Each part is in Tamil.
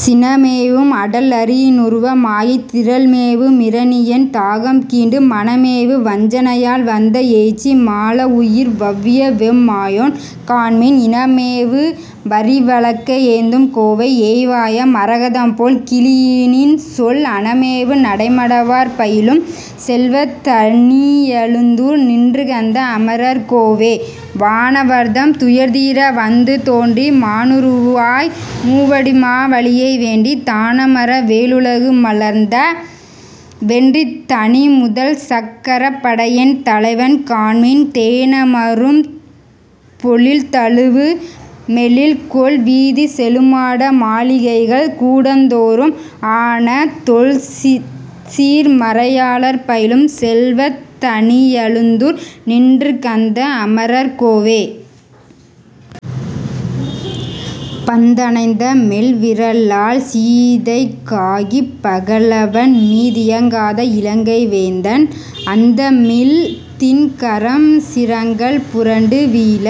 சினமேவும் அடலரியி னுருவ மாகித் திறல்மேவு மிரணியன் தாகம் கீண்டு, மனமேவு வஞ்சனையால் வந்த பேய்ச்சி மாளவுயிர் வவ்வியவெம் மாயோன் காண்மின், இனமேவு வரிவளக்கை யேந்தும் கோவை ஏய்வாய மரகதம்போல் கிளியி னின்சொல், அனமேவு நடைமடவார் பயிலும் செல்வத் தணியழுந்தூர் நின்றுகந்த அமரர் கோவே. வானவர்தம் துயர்தீர வந்து தோன்றி மாணுருவாய் மூவடிமா வலியை வேண்டி, தானமர வேழுலகு மளந்த வென்றித் தனிமுதல்சக் கரப்படையென் தலைவன் காண்மின், தேனமரும் பொழில்தழுவு மெழில்கொள் வீதிச் செழுமாட மாளிகைகள் கூடந் தோறும், ஆனதொல்சீர் மறையாளர் பயிலும் செல்வத் தணியழுந்தூர் நின்றுகந்த அமரர் கோவே. பந்தணைந்த மெல்விரலாள் சீதைக் காகிப் பகலவன்மீ தியங்காத இலங்கை வேந்தன், அந்தமில்திண் கரம்சிரங்கள் புரண்டு வீழ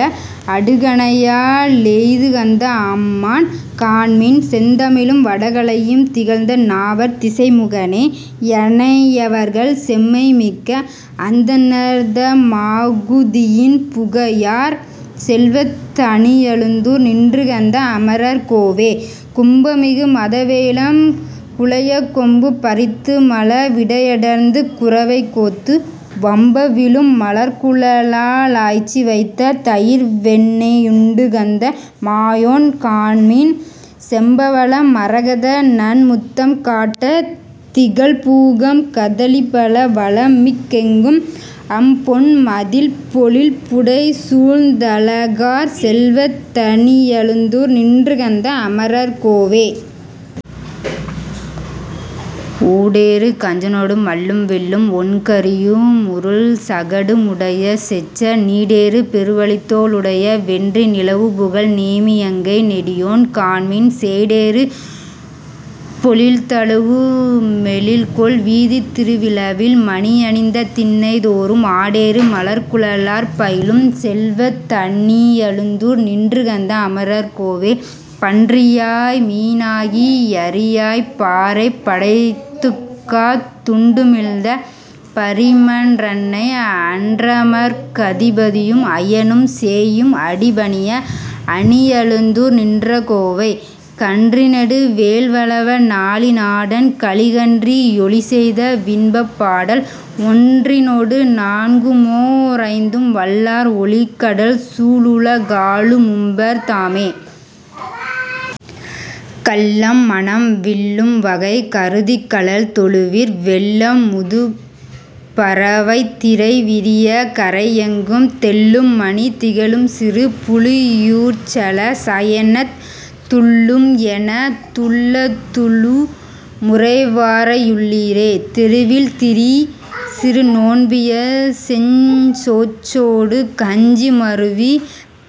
அடுகணையா லெய்துகந்த அம்மான் காண்மின், செந்தமிழும் வடகலையும் திகழ்ந்த நாவர் திசைமுகனே யனையவர்கள் செம்மை மிக்க, அந்தணர்த மாகுதியின் புகையார் செல்வத் தணியழுந்தூர் நின்றுகந்த அமரர் கோவே. கும்பமிகு மதவேழம் குலையக் கொம்பு பறித்துமழ விடையடர்த்துக் குரவை கோத்து, வம்பவிழும் மலர்க்குழலா ளாய்ச்சி வைத்த தயிர்வெண்ணெ யுண்டுகந்த மாயோன் காண்மின், செம்பவள மரகதநன் முத்தம் காட்டத் திகழ்பூகம் கதலிபல வளம்மிக் கெங்கும், அம்பொன்மதிள் பொழில்புடைசூழ்ந் தழகார் செல்வத் தணியழுந்தூர் நின்றுகந்த அமரர் கோவே. ஊடேறு கஞ்சனொடு மல்லும் வில்லும் ஒண்கரியு முருள்சகடு முடையச் செற்ற, நீடேறு பெருவலித்தோ ளுடைய வென்றி நிலவுபுகழ் நேமியங்கை நெடியோன் காண்மின், சேடேறு பொழில்தழுவு மெழில்கொள் வீதித் திருவிழவில் மணியணிந்த திண்ணை தோறும் ஆடேறு மலர்க்குழலார் பயிலும் செல்வத் தணியழுந்தூர் நின்றுகந்த அமரர் கோவே. பன்றியாய் மீனாகி யரியாய்ப் பாரைப் படைத்துக்காத் துண்டுமிழ்ந்த பரமன் றன்னை, அன்றமரர்க் கதிபதியும் அயனும் சேயும் அடிபணிய அணியழுந்தூர் நின்ற கோவை, கன்றிநெடு வேல்வலவ னாலி நாடன் கலிகன்றி யொலிசெய்த வின்பப் பாடல், ஒன்றினொடு நான்குமோ ரைந்தும் வல்லார் ஒலிகடல்சூ ழுலகாளு மும்பர் தாமே.. கள்ளம்மனம் விள்ளும்வகை கருதிக்கழல் தொழுவீர் வெள்ளம்முது பரவைத்திரை விரிய, கரை யெங்கும் தெள்ளும்மணி திகழும்சிறு புலியூர்ச்சல சயனத் துள்ளும், என துள்ளத்துளு முறைவாரையுள் ளீரே. தெருவில்திரி சிறுநோன்பியர் செஞ்சோற்றொடு கஞ்சி மருவி,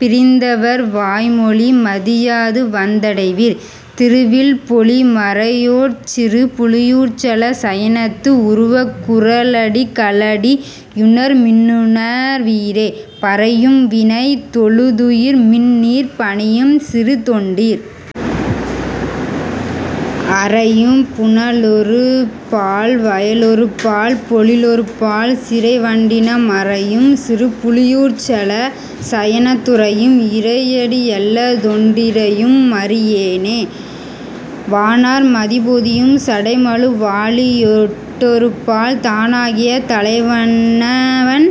பிரிந் தவர்வாய்மொழி மதியாதுவந் தடைவீர், திருவில்பொலி மறையோர்ச்சிறு புலியூர்ச்சல சயனத்து, உருவக்குற ளடிகளடி யுணர்மின்னுணர் வீரே. பறையும்வினை தொழுதுய்மின்நீர் பணியும்சிறு தொண்டீர். அறையும்புன லொருபால்வய லொருபால்பொழி லொருபால் சிறைவண்டின மறையும்சிறு புலியூர்ச்சல சயனத் துறையும், இறை யடியல்லதொன் றிறையும்மறி யேனே. வானார்மதி பொதியும்சடை மழுவாளியொ டொருபால், தானாகிய தலைவன்னவன்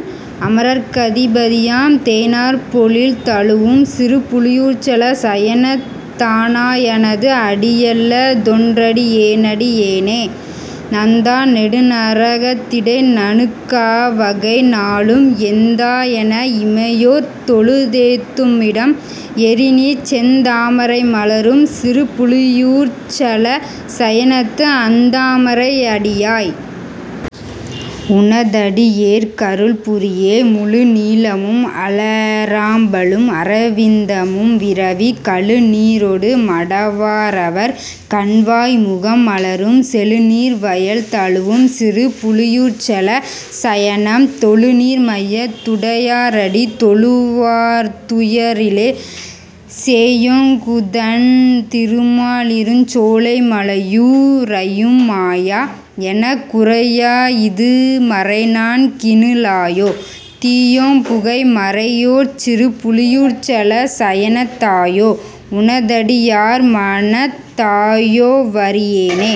அமரர்க்கதி பதியாம் தேனார்பொழில் தழுவும்சிறு புலியூர்ச்சல சயனத் தானாயனது, அடியல்லதொன் றறியேனடி யேனே. நந்தாநெடு நரகத்திடை நணுகாவகை, நாளும் எந்தாயென இமையோர்தொழு தேத்தும்மிடம், எறிநீர்ச் செந்தாமரை மலரும்சிறு புலியூர்ச்சல சயனத்து அந்தாமரை யடியாய். உன தடியேற்கருள் புரியே. முழுநீலமும் அலராம்பலும் அரவிந்தமும் விரவி, கழுநீரொடு மடவாரவர் கண்வாய்முகம் மலரும், செழுநீர்வயல் தழுவும்சிறு புலியூர்ச்சல சயனம், தொழுநீர்மைய துடையாரடி தொழுவார்துய ரிலரே. சேயோங்குதண் திருமாலிருஞ் சோலைமலை யுை றயும் மாயா, எனக் குரையாயிது மறைநான்கினு ளாயோ, தீயோம்புகை மறையோர்ச்சிறு புலியூர்ச்சல சயனத் தாயோ, உன தடியார்மனத் தாயோவறி யேனே.